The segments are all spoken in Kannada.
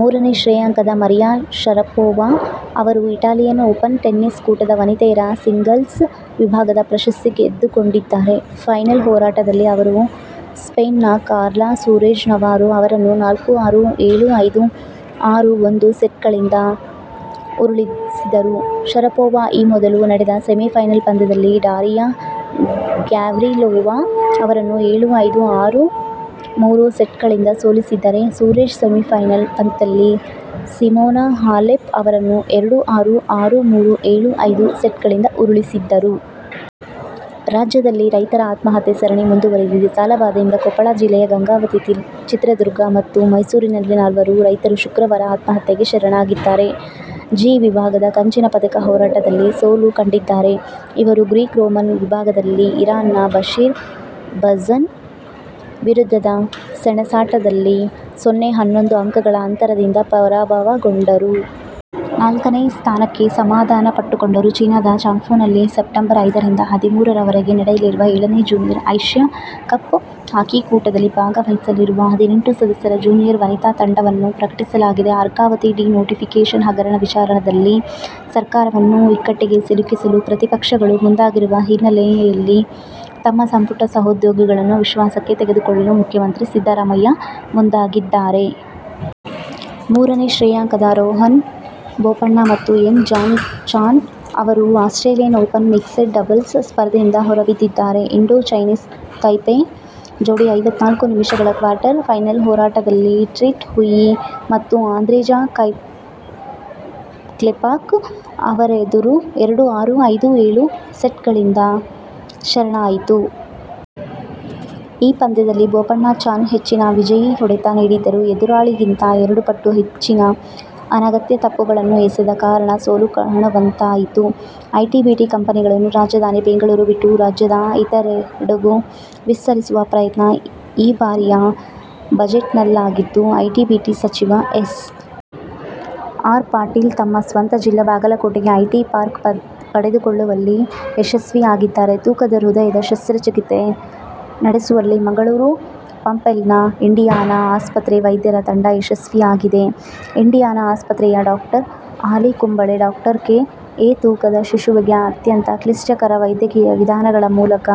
ಮೂರನೇ ಶ್ರೇಯಾಂಕದ ಮರಿಯಾ ಶರಪೋವಾ ಅವರು ಇಟಾಲಿಯನ್ ಓಪನ್ ಟೆನ್ನಿಸ್ ಕೂಟದ ವನಿತೆಯರ ಸಿಂಗಲ್ಸ್ ವಿಭಾಗದ ಪ್ರಶಸ್ತಿ ಗೆದ್ದುಕೊಂಡಿದ್ದಾರೆ. ಫೈನಲ್ ಹೋರಾಟದಲ್ಲಿ ಅವರು ಸ್ಪೇನ್ನ ಕಾರ್ಲಾ ಸೂರೆಜ್ ನವಾರೊ ಅವರನ್ನು ನಾಲ್ಕು-ಆರು, ಏಳು-ಐದು, ಆರು-ಒಂದು ಸೆಟ್ಗಳಿಂದ ಉರುಳಿಸಿದರು. ಶರಪೋವಾ ಈ ಮೊದಲು ನಡೆದ ಸೆಮಿಫೈನಲ್ ಪಂದ್ಯದಲ್ಲಿ ಡಾರಿಯಾ ಗ್ಯಾವ್ರಿಲೋವಾ ಅವರನ್ನು ಏಳು-ಐದು, ಆರು-ಮೂರು ಸೆಟ್ಗಳಿಂದ ಸೋಲಿಸಿದ್ದರೆ ಸೂರೆಜ್ ಸೆಮಿಫೈನಲ್ ಪಂದ್ಯದಲ್ಲಿ ಸಿಮೋನಾ ಹಾಲೆಪ್ ಅವರನ್ನು ಎರಡು-ಆರು, ಆರು-ಮೂರು, ಏಳು-ಐದು ಸೆಟ್ಗಳಿಂದ ಉರುಳಿಸಿದ್ದರು. ರಾಜ್ಯದಲ್ಲಿ ರೈತರ ಆತ್ಮಹತ್ಯೆ ಸರಣಿ ಮುಂದುವರಿದಿದೆ. ಸಾಲ ಬಾಧೆಯಿಂದ ಕೊಪ್ಪಳ ಜಿಲ್ಲೆಯ ಗಂಗಾವತಿ, ಚಿತ್ರದುರ್ಗ ಮತ್ತು ಮೈಸೂರಿನಲ್ಲಿ ನಾಲ್ವರು ರೈತರು ಶುಕ್ರವಾರ ಆತ್ಮಹತ್ಯೆಗೆ ಶರಣಾಗಿದ್ದಾರೆ. ಜಿ ವಿಭಾಗದ ಕಂಚಿನ ಪದಕ ಹೋರಾಟದಲ್ಲಿ ಸೋಲು ಕಂಡಿದ್ದಾರೆ. ಇವರು ಗ್ರೀಕ್ ರೋಮನ್ ವಿಭಾಗದಲ್ಲಿ ಇರಾನ್ನ ಬಶೀರ್ ಬಜನ್ ವಿರುದ್ಧದ ಸೆಣಸಾಟದಲ್ಲಿ ಸೊನ್ನೆ-ಹನ್ನೊಂದು ಅಂಕಗಳ ಅಂತರದಿಂದ ಪರಾಭವಗೊಂಡರು. ನಾಲ್ಕನೇ ಸ್ಥಾನಕ್ಕೆ ಸಮಾಧಾನ ಪಟ್ಟುಕೊಂಡರು. ಚೀನದ ಚಾಂಗ್ಝೂನಲ್ಲಿ ಸೆಪ್ಟಂಬರ್ ಐದ ರಿಂದ ಹದಿಮೂರ ವರೆಗೆ ನಡೆಯಲಿರುವ ಏಳನೇ ಜೂನಿಯರ್ ಏಶ್ಯ ಕಪ್ ಹಾಕಿ ಕೂಟದಲ್ಲಿ ಭಾಗವಹಿಸಲಿರುವ ಹದಿನೆಂಟು ಸದಸ್ಯರ ಜೂನಿಯರ್ ವನಿತಾ ತಂಡವನ್ನು ಪ್ರಕಟಿಸಲಾಗಿದೆ. ಅರ್ಕಾವತಿ ಡಿ-ನೋಟಿಫಿಕೇಷನ್ ಹಗರಣ ವಿಚಾರದಲ್ಲಿ ಸರ್ಕಾರವನ್ನು ಇಕ್ಕಟ್ಟಿಗೆ ಸಿಲುಕಿಸಲು ಪ್ರತಿಪಕ್ಷಗಳು ಮುಂದಾಗಿರುವ ಹಿನ್ನೆಲೆಯಲ್ಲಿ ತಮ್ಮ ಸಂಪುಟ ಸಹೋದ್ಯೋಗಿಗಳನ್ನು ವಿಶ್ವಾಸಕ್ಕೆ ತೆಗೆದುಕೊಳ್ಳಲು ಮುಖ್ಯಮಂತ್ರಿ ಸಿದ್ದರಾಮಯ್ಯ ಮುಂದಾಗಿದ್ದಾರೆ. ಮೂರನೇ ಶ್ರೇಯಾಂಕದ ರೋಹನ್ ಬೋಪಣ್ಣ ಮತ್ತು ಯಂಗ್ ಜಾನ್-ಚಾನ್ ಅವರು ಆಸ್ಟ್ರೇಲಿಯನ್ ಓಪನ್ ಮಿಕ್ಸೆಡ್ ಡಬಲ್ಸ್ ಸ್ಪರ್ಧೆ ಯಿಂದ ಹೊರಬಿದ್ದಿದ್ದಾರೆ. ಇಂಡೋ-ಚೈನೀಸ್ ತೈಪೆ ಜೋಡಿ ಐವತ್ನಾಲ್ಕು ನಿಮಿಷಗಳ ಕ್ವಾರ್ಟರ್ ಫೈನಲ್ ಹೋರಾಟದಲ್ಲಿ ಟ್ರಿಟ್ ಹ್ಯುಯಿ ಮತ್ತು ಆಂದ್ರೇಜ ಕ್ಲೆಪಾಕ್ ಅವರೆದುರು ಎರಡು-ಆರು, ಐದು-ಏಳು ಸೆಟ್ಗಳಿಂದ ಶರಣಾಯಿತು. ಈ ಪಂದ್ಯದಲ್ಲಿ ಬೋಪಣ್ಣ- ಚಾನ್ ಹೆಚ್ಚಿನ ವಿಜಯಿ ಹೊಡೆತ ನೀಡಿದ್ದರೂ ಎದುರಾಳಿಗಿಂತ ಎರಡು ಪಟ್ಟು ಹೆಚ್ಚಿನ ಅನಗತ್ಯ ತಪ್ಪುಗಳನ್ನು ಎಸೆದ ಕಾರಣ ಸೋಲು ಕಾಣುವಂತಾಯಿತು. ಐಟಿ-ಬಿಟಿ ಕಂಪನಿಗಳನ್ನು ರಾಜಧಾನಿ ಬೆಂಗಳೂರು ಬಿಟ್ಟು ರಾಜ್ಯದ ಇತರೆಡೆಗೂ ವಿಸ್ತರಿಸುವ ಪ್ರಯತ್ನ ಈ ಬಾರಿಯ ಬಜೆಟ್ನಲ್ಲಾಗಿದ್ದು, ಐಟಿ- ಬಿಟಿ ಸಚಿವ ಎಸ್. ಆರ್. ಪಾಟೀಲ್ ತಮ್ಮ ಸ್ವಂತ ಜಿಲ್ಲೆ ಬಾಗಲಕೋಟೆಗೆ ಐಟಿ ಪಾರ್ಕ್ ಪಡೆದುಕೊಳ್ಳುವಲ್ಲಿ ಯಶಸ್ವಿಯಾಗಿದ್ದಾರೆ. ತೂಕದ ಹೃದಯದ ಶಸ್ತ್ರಚಿಕಿತ್ಸೆ ನಡೆಸುವಲ್ಲಿ ಮಂಗಳೂರು ಪಂಪ್ವೆಲ್ನ ಇಂಡಿಯಾನ ಆಸ್ಪತ್ರೆ ವೈದ್ಯರ ತಂಡ ಯಶಸ್ವಿಯಾಗಿದೆ. ಇಂಡಿಯಾನ ಆಸ್ಪತ್ರೆಯ doctor Ali Kumble, doctor K. A. ತೂಕದ ಶಿಶುವಿಗೆ ಅತ್ಯಂತ ಕ್ಲಿಷ್ಟಕರ ವೈದ್ಯಕೀಯ ವಿಧಾನಗಳ ಮೂಲಕ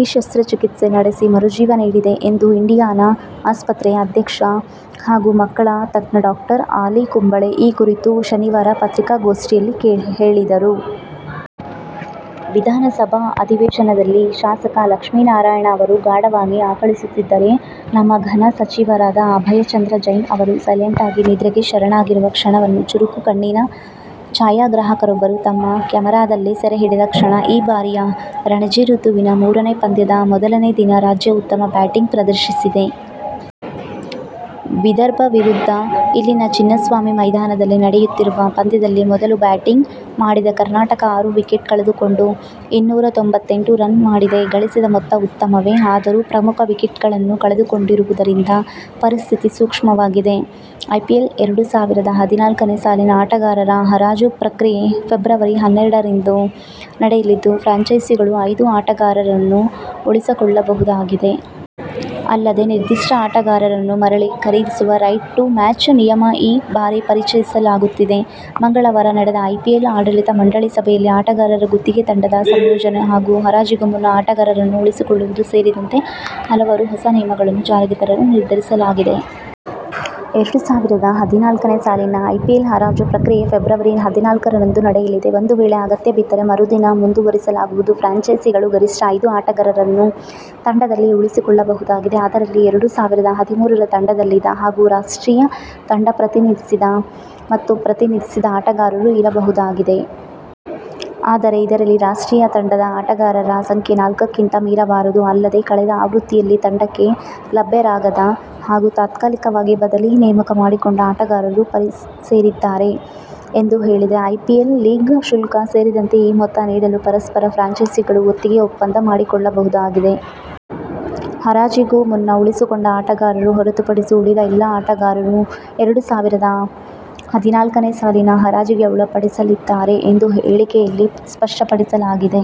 ಈ ಶಸ್ತ್ರಚಿಕಿತ್ಸೆ ನಡೆಸಿ ಮರುಜೀವ ನೀಡಿದೆ ಎಂದು ಇಂಡಿಯಾನ ಆಸ್ಪತ್ರೆ ಅಧ್ಯಕ್ಷ ಹಾಗೂ ಮಕ್ಕಳ ತಜ್ಞ ಡಾಕ್ಟರ್ ಆಲಿ ಕುಂಬಳೆ ಈ ಕುರಿತು ಶನಿವಾರ ಪತ್ರಿಕಾಗೋಷ್ಠಿಯಲ್ಲಿ ಹೇಳಿದರು. ವಿಧಾನಸಭಾ ಅಧಿವೇಶನದಲ್ಲಿ ಶಾಸಕ ಲಕ್ಷ್ಮೀನಾರಾಯಣ ಅವರು ಗಾಢವಾಗಿ ಆಕಳಿಸುತ್ತಿದ್ದರೆ, ನಮ್ಮ ಘನ ಸಚಿವರಾದ ಅಭಯಚಂದ್ರ ಜೈನ್ ಅವರು ಸೈಲೆಂಟಾಗಿ ನಿದ್ರೆಗೆ ಶರಣಾಗಿರುವ ಕ್ಷಣವನ್ನು ಚುರುಕು ಕಣ್ಣಿನ ಛಾಯಾಗ್ರಾಹಕರೊಬ್ಬರು ತಮ್ಮ ಕೆಮರಾದಲ್ಲಿ ಸೆರೆಹಿಡಿದ ಕ್ಷಣ. ಈ ಬಾರಿಯ ರಣಜಿ ಋತುವಿನ ಮೂರನೇ ಪಂದ್ಯದ ಮೊದಲನೇ ದಿನ ರಾಜ್ಯ ಉತ್ತಮ ಬ್ಯಾಟಿಂಗ್ ಪ್ರದರ್ಶಿಸಿದೆ. ವಿದರ್ಭ ವಿರುದ್ಧ ಇಲ್ಲಿನ ಚಿನ್ನಸ್ವಾಮಿ ಮೈದಾನದಲ್ಲಿ ನಡೆಯುತ್ತಿರುವ ಪಂದ್ಯದಲ್ಲಿ ಮೊದಲು ಬ್ಯಾಟಿಂಗ್ ಮಾಡಿದ ಕರ್ನಾಟಕ ಆರು ವಿಕೆಟ್ ಕಳೆದುಕೊಂಡು ಇನ್ನೂರ ತೊಂಬತ್ತೆಂಟು ರನ್ ಮಾಡಿದೆ. ಗಳಿಸಿದ ಮೊತ್ತ ಉತ್ತಮವೇ ಆದರೂ ಪ್ರಮುಖ ವಿಕೆಟ್ಗಳನ್ನು ಕಳೆದುಕೊಂಡಿರುವುದರಿಂದ ಪರಿಸ್ಥಿತಿ ಸೂಕ್ಷ್ಮವಾಗಿದೆ. ಐಪಿಎಲ್ ಎರಡು ಸಾವಿರದ ಹದಿನಾಲ್ಕನೇ ಸಾಲಿನ ಆಟಗಾರರ ಹರಾಜು ಪ್ರಕ್ರಿಯೆ ಫೆಬ್ರವರಿ ಹನ್ನೆರಡರಂದು ನಡೆಯಲಿದ್ದು, ಫ್ರಾಂಚೈಸಿಗಳು ಐದು ಆಟಗಾರರನ್ನು ಉಳಿಸಿಕೊಳ್ಳಬಹುದಾಗಿದೆ. ಅಲ್ಲದೇ ನಿರ್ದಿಷ್ಟ ಆಟಗಾರರನ್ನು ಮರಳಿ ಖರೀದಿಸುವ 'ರೈಟ್ ಟು ಮ್ಯಾಚ್' ನಿಯಮ ಈ ಬಾರಿ ಪರಿಚಯಿಸಲಾಗುತ್ತಿದೆ. ಮಂಗಳವಾರ ನಡೆದ ಐಪಿಎಲ್ ಆಡಳಿತ ಮಂಡಳಿ ಸಭೆಯಲ್ಲಿ ಆಟಗಾರರ ಗುತ್ತಿಗೆ, ತಂಡದ ಸಂಯೋಜನೆ ಹಾಗೂ ಹರಾಜಿಗೂ ಮುನ್ನ ಆಟಗಾರರನ್ನು ಉಳಿಸಿಕೊಳ್ಳುವುದು ಸೇರಿದಂತೆ ಹಲವಾರು ಹೊಸ ನಿಯಮಗಳನ್ನು ಜಾರಿಗೆ ತರಲು ನಿರ್ಧರಿಸಲಾಗಿದೆ. ಎರಡು ಸಾವಿರದ ಹದಿನಾಲ್ಕನೇ ಸಾಲಿನ ಐಪಿಎಲ್ ಹರಾಜು ಪ್ರಕ್ರಿಯೆ ಫೆಬ್ರವರಿ ಹದಿನಾಲ್ಕರಂದು ನಡೆಯಲಿದೆ. ಒಂದು ವೇಳೆ ಅಗತ್ಯ ಬಿದ್ದರೆ ಮರುದಿನ ಮುಂದುವರಿಸಲಾಗುವುದು. ಫ್ರಾಂಚೈಸಿಗಳು ಗರಿಷ್ಠ ಐದು ಆಟಗಾರರನ್ನು ತಂಡದಲ್ಲಿ ಉಳಿಸಿಕೊಳ್ಳಬಹುದಾಗಿದೆ. ಅದರಲ್ಲಿ ಎರಡು ಸಾವಿರದ ಹದಿಮೂರರ ತಂಡದಲ್ಲಿದ್ದ ಹಾಗೂ ರಾಷ್ಟ್ರೀಯ ತಂಡ ಪ್ರತಿನಿಧಿಸಿದ ಮತ್ತು ಪ್ರತಿನಿಧಿಸದ ಆಟಗಾರರು ಇರಬಹುದಾಗಿದೆ. ಆದರೆ ಇದರಲ್ಲಿ ರಾಷ್ಟ್ರೀಯ ತಂಡದ ಆಟಗಾರರ ಸಂಖ್ಯೆ ನಾಲ್ಕಕ್ಕಿಂತ ಮೀರಬಾರದು. ಅಲ್ಲದೇ ಕಳೆದ ಆವೃತ್ತಿಯಲ್ಲಿ ತಂಡಕ್ಕೆ ಲಭ್ಯರಾಗದ ಹಾಗೂ ತಾತ್ಕಾಲಿಕವಾಗಿ ಬದಲಿ ನೇಮಕ ಮಾಡಿಕೊಂಡ ಆಟಗಾರರು ಸೇರಿದ್ದಾರೆ ಎಂದು ಹೇಳಿದೆ. ಐಪಿಎಲ್ ಲೀಗ್ ಶುಲ್ಕ ಸೇರಿದಂತೆ ಈ ಮೊತ್ತ ನೀಡಲು ಪರಸ್ಪರ ಫ್ರಾಂಚೈಸಿಗಳು ಗುತ್ತಿಗೆ ಒಪ್ಪಂದ ಮಾಡಿಕೊಳ್ಳಬಹುದಾಗಿದೆ. ಹರಾಜಿಗೂ ಮುನ್ನ ಉಳಿಸಿಕೊಂಡ ಆಟಗಾರರು ಹೊರತುಪಡಿಸಿ ಉಳಿದ ಎಲ್ಲ ಆಟಗಾರರು ಎರಡು ಸಾವಿರದ ಹದಿನಾಲ್ಕನೇ ಸಾಲಿನ ಹರಾಜಿಗೆ ಒಳಪಡಲಿದ್ದಾರೆ ಎಂದು ಹೇಳಿಕೆಯಲ್ಲಿ ಸ್ಪಷ್ಟಪಡಿಸಲಾಗಿದೆ.